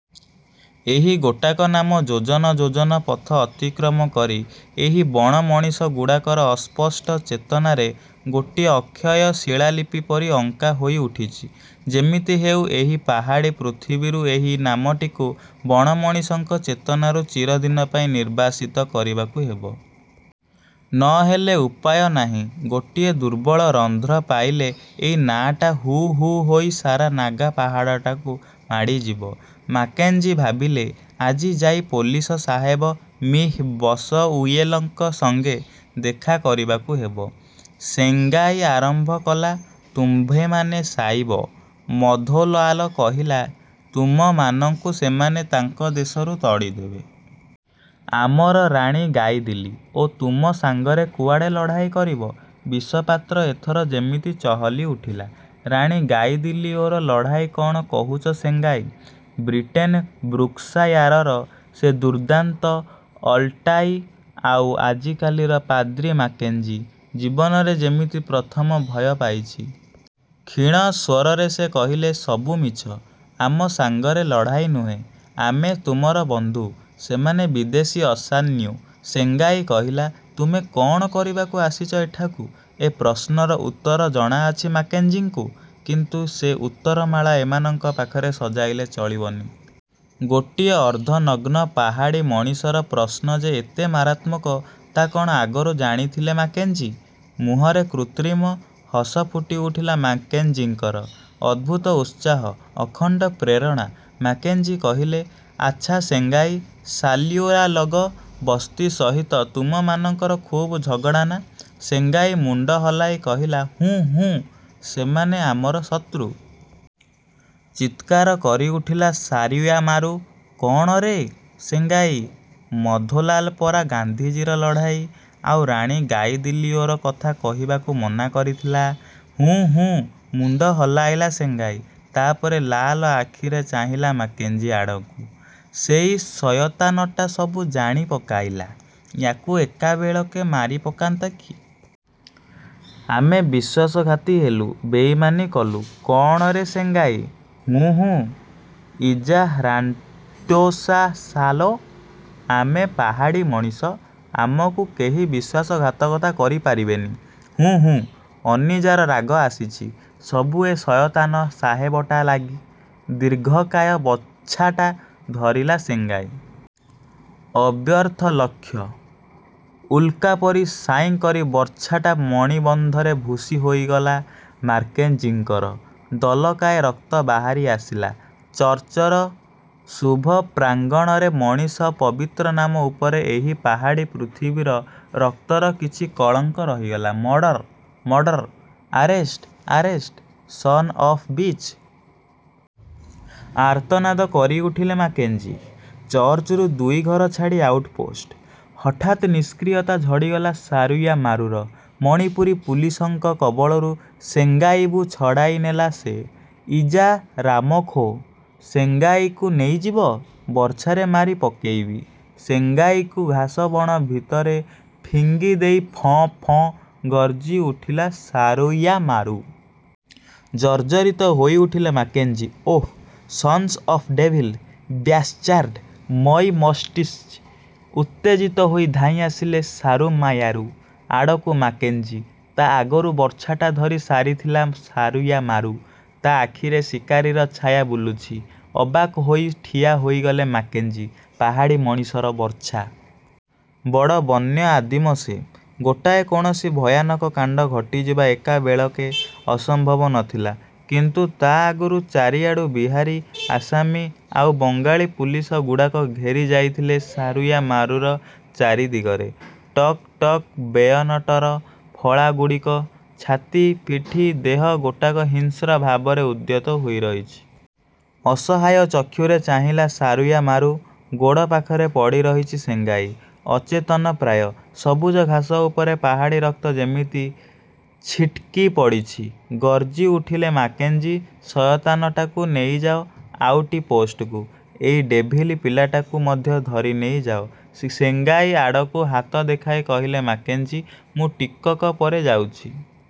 ଏହି ଗୋଟାକ ନାମ ଯୋଜନ ଯୋଜନ ପଥ ଅତିକ୍ରମ କରି ଏହି ବଣ ମଣିଷଗୁଡ଼ାକର ଅସ୍ପଷ୍ଟ ଚେତନାରେ ଗୋଟିଏ ଅକ୍ଷୟ ଶିଳାଲିପି ପରି ଅଙ୍କା ହୋଇଉଠିଚି। ଯେମିତି ହେଉ ଏହି ପାହାଡ଼ୀ ପୃଥିବୀରୁ ଏହି ନାମଟିକୁ ବଣମଣିଷଙ୍କ ଚେତନାରୁ ଚିରଦିନ ପାଇଁ ନିର୍ବାସିତ କରିବାକୁ ହେବ। ନହେଲେ ଉପାୟ ନାହିଁ। ଗୋଟିଏ ଦୁର୍ବଳ ରନ୍ଧ୍ର ପାଇଲେ ଏଇ ନାଁଟା ହୁ ହୁ ହୋଇ ସାରା ନାଗା ପାହାଡ଼ଟାକୁ ମାଡ଼ିଯିବ। ମାକେଞ୍ଜି ଭାବିଲେ, ଆଜି ଯାଇ ପୋଲିସ ସାହେବ ମିଃ ବସଉୟେଲଙ୍କ ସଂଗେ ଦେଖା କରିବାକୁ ହେବ। ସେଂଗାଇ ଆରମ୍ଭ କଲା–ତୁମ୍ଭେମାନେ ସାଇବ। ମଧୋଲାଲ କହିଲା, ତୁମମାନଙ୍କୁ ସେମାନେ ତାଙ୍କ ଦେଶରୁ ତଡ଼ିଦେବେ। ଆମର ରାଣୀ ଗାଇଦିଲି ଓ ତୁମ ସାଂଗରେ କୁଆଡ଼େ ଲଢ଼ାଇ କରିବ। ବିଷପାତ୍ର ଏଥର ଯେମିତି ଚହଲି ଉଠିଲା। ରାଣୀ ଗାଇଦିଲିଓର ଲଢ଼ାଇ କଣ କହୁଚ ସେଂଗାଇ। ବ୍ରିଟେନ୍ ବ୍ରୁକ୍ସାୟାରର ସେ ଦୁର୍ଦ୍ଦାନ୍ତ ଅଲ୍ଟାଇ ଆଉ ଆଜିକାଲିର ପାଦ୍ରୀ ମାକେଞ୍ଜି। ଜୀବନରେ ଯେମିତି ପ୍ରଥମ ଭୟ ପାଇଛି। କ୍ଷୀଣ ସ୍ୱରରେ ସେ କହିଲେ–ସବୁ ମିଛ। ଆମ ସାଂଗରେ ଲଢ଼ାଇ ନୁହେଁ। ଆମେ ତୁମର ବନ୍ଧୁ। ସେମାନେ ବିଦେଶୀ ଅସାନ୍ୟୁ। ସେଗାଂଇ କହିଲା–ତୁମେ କଣ କରିବାକୁ ଆସିଚ ଏଠାକୁ? ଏ ପ୍ରଶ୍ନର ଉତ୍ତର ଜଣାଅଛି ମାକେଞ୍ଜିଙ୍କୁ, କିନ୍ତୁ ସେ ଉତ୍ତରମାଳା ଏମାନଙ୍କ ପାଖରେ ସଜାଇଲେ ଚଳିବନି। ଗୋଟିଏ ଅର୍ଦ୍ଧନଗ୍ନ ପାହାଡ଼ୀ ମଣିଷର ପ୍ରଶ୍ନ ଯେ ଏତେ ମାରାତ୍ମକ, ତା କ'ଣ ଆଗରୁ ଜାଣିଥିଲେ ମାକେଞ୍ଜି? ମୁହଁରେ କୃତ୍ରିମ ହସ ଫୁଟିଉଠିଲା ମାକେଂଜିଙ୍କର। ଅଦ୍ଭୁତ ଉତ୍ସାହ। ଅଖଣ୍ଡ ପ୍ରେରଣା। ମାକେଂଜି କହିଲେ–ଆଚ୍ଛା ସେଂଗାଇ, ସାଲୁୟାଲଗ ବସ୍ତି ସହିତ ତୁମମାନଙ୍କର ଖୁବ୍ ଝଗଡ଼ା ନା-? ସେଙ୍ଗାଇ ମୁଣ୍ଡ ହଲାଇ କହିଲା–ହୁଁ ହୁଁ, ସେମାନେ ଆମର ଶତ୍ରୁ। ଚିତ୍କାର କରିଉଠିଲା ସାରୁୟାମାରୁ–କଣ ରେ ସେଂଗାଇ। ମଧୋଲାଲ ପରା ଗାନ୍ଧିଜୀର ଲଢ଼ାଇ ଆଉ ରାଣୀ ଗାଇଦିଲିଓର କଥା କହିବାକୁ ମନା କରିଥିଲା? –ହୁଁ ହୁଁ। ମୁଣ୍ଡ ହଲାଇଲା ସେଂଗାଇ। ତାପରେ ଲାଲ ଆଖିରେ ଚାହିଁଲା ମାକେଞ୍ଜି ଆଡ଼କୁ। ସେଇ ସୟତାନଟା ସବୁ ଜାଣି ପକାଇଲା। ୟାକୁ ଏକାବେଳକେ ମାରିପକାନ୍ତି କି। ଆମେ ବିଶ୍ୱାସଘାତୀ ହେଲୁ। ବେଇମାନୀ କଲୁ। କଣ ରେ ସେଂଗାଇ? ହୁଁ ହୁଁ। ଇଜାହ୍ରାଣ୍ଟୋସା ସାଲୋ। ଆମେ ପାହାଡ଼ୀ ମଣିଷ। ଆମକୁ କେହି ବିଶ୍ୱାସଘାତକତା କରିପାରିବେନି। ହୁଁ ହୁଁ, ଅନିଜାର ରାଗ ଆସିଛି। ସବୁ ଏ ସୟତାନ ସାହେବଟା ଲାଗି। ଦୀର୍ଘକାୟ ବର୍ଚ୍ଛାଟା ଧରିଲା ସେଂଗାଇ। ଅବ୍ୟର୍ଥ ଲକ୍ଷ୍ୟ। ଉଲ୍କା ପରି ସାଇଁ କରି ବର୍ଚ୍ଛାଟା ମଣିବନ୍ଧରେ ଭୁଷି ହୋଇଗଲା ମାରକେଞ୍ଜିଙ୍କର। ଦଲକାଏ ରକ୍ତ ବାହାରିଆସିଲା। ଚର୍ଚ୍ଚର ଶୁଭ ପ୍ରାଂଗଣରେ ମଣିଷ ପବିତ୍ର ନାମ ଉପରେ ଏହି ପାହାଡ଼ୀ ପୃଥିବୀର ରକ୍ତର କିଛି କଳଙ୍କ ରହିଗଲା-। Murder! Murder!! Arrest. Arrest! Son of bitch. ଆର୍ତ୍ତନାଦ କରିଉଠିଲେ ମାକେଞ୍ଜି। ଚର୍ଚ୍ଚରୁ ଦୁଇ ଘର ଛାଡ଼ି ଆଉଟ ପୋଷ୍ଟ। ହଠାତ୍ ନିଷ୍କ୍ରିୟତା ଝଡ଼ିଗଲା ସାରୁୟାମାରୁର। ମଣିପୁରୀ ପୁଲିସଙ୍କ କବଳରୁ ସେଂଗାଇବୁ ଛଡ଼ାଇନେଲା ସେ। ଇଜା ରାମଖୋ। ସେଂଗାଇକୁ ନେଇଯିବ? ବର୍ଚ୍ଛାରେ ମାରି ପକାଇବି। ସେଙ୍ଗାଇକୁ ଘାସ ବଣ ଭିତରେ ଫିଙ୍ଗିଦେଇ ଫଁ ଫଁ ଗର୍ଜିଉଠିଲା ସାରୁୟାମାରୁ। ଜର୍ଜ୍ଜରିତ ହୋଇଉଠିଲେ Mackenzie. Oh, sons of devil. Bastard. My must see. ଉତ୍ତେଜିତ ହୋଇ ଧାଇଁଆସିଲେ ସାରୁମାୟାରୁ ଆଡ଼କୁ ମାକେଂଜି। ତା ଆଗରୁ ବର୍ଚ୍ଛାଟା ଧରି ସାରିଥିଲା ସାରୁୟାମାରୁ। ତା ଆଖିରେ ଶିକାରୀର ଛାୟା ବୁଲୁଛି। ଅବାକ୍ ହୋଇ ଠିଆହୋଇଗଲେ ମାକେଂଜି। ପାହାଡ଼ୀ ମଣିଷର ବର୍ଚ୍ଛା। ବଡ଼ ବନ୍ୟ ଆଦିମ ସେ। ଗୋଟାଏ କୌଣସି ଭୟାନକ କାଣ୍ଡ ଘଟିଯିବା ଏକାବେଳକେ ଅସମ୍ଭବ ନ ଥିଲା। କିନ୍ତୁ ତା ଆଗରୁ ଚାରିଆଡ଼ୁ ବିହାରୀ, ଆସାମୀ ଆଉ ବଙ୍ଗାଳୀ ପୁଲିସଗୁଡ଼ାକ ଘେରି ଯାଇଥିଲେ ସାରୁୟାମରୁର ଚାରିଦିଗରେ। ଟକ ଟକ ବେୟନେଟର ଫଳା ଗୁଡ଼ିକ ଛାତି, ପିଠି, ଦେହ ଗୋଟାକ ହିଂସ୍ର ଭାବରେ ଉଦ୍ୟତ ହୋଇରହିଛି। ଅସହାୟ ଚକ୍ଷୁରେ ଚାହିଁଲା ସାରୁୟାମାରୁ–ଗୋଡ଼ ପାଖରେ ପଡ଼ିରହିଛି ସିଙ୍ଗାଇ। ଅଚେତନ ପ୍ରାୟ। ସବୁଜ ଘାସ ଉପରେ ପାହାଡ଼ୀ ରକ୍ତ ଯେମିତି ଛିଟ୍ କି ପଡ଼ଛି। ଗର୍ଜି ଉଠିଲେ ମାକେଞ୍ଜି। ସୟତାନଟାକୁ ନେଇଯାଅ ଆଉଟି ପୋଷ୍ଟକୁ। ଏଇ ଡ଼େଭିଲ ପିଲାଟାକୁ ମଧ୍ୟ ଧରିନେଇ ଯାଅ। ସି ସେଙ୍ଗାଇ ଆଡ଼କୁ ହାତ ଦେଖାଇ କହିଲେ ମାକେଂଜି–ମୁଁ ଟିକକ ପରେ ଯାଉଛି।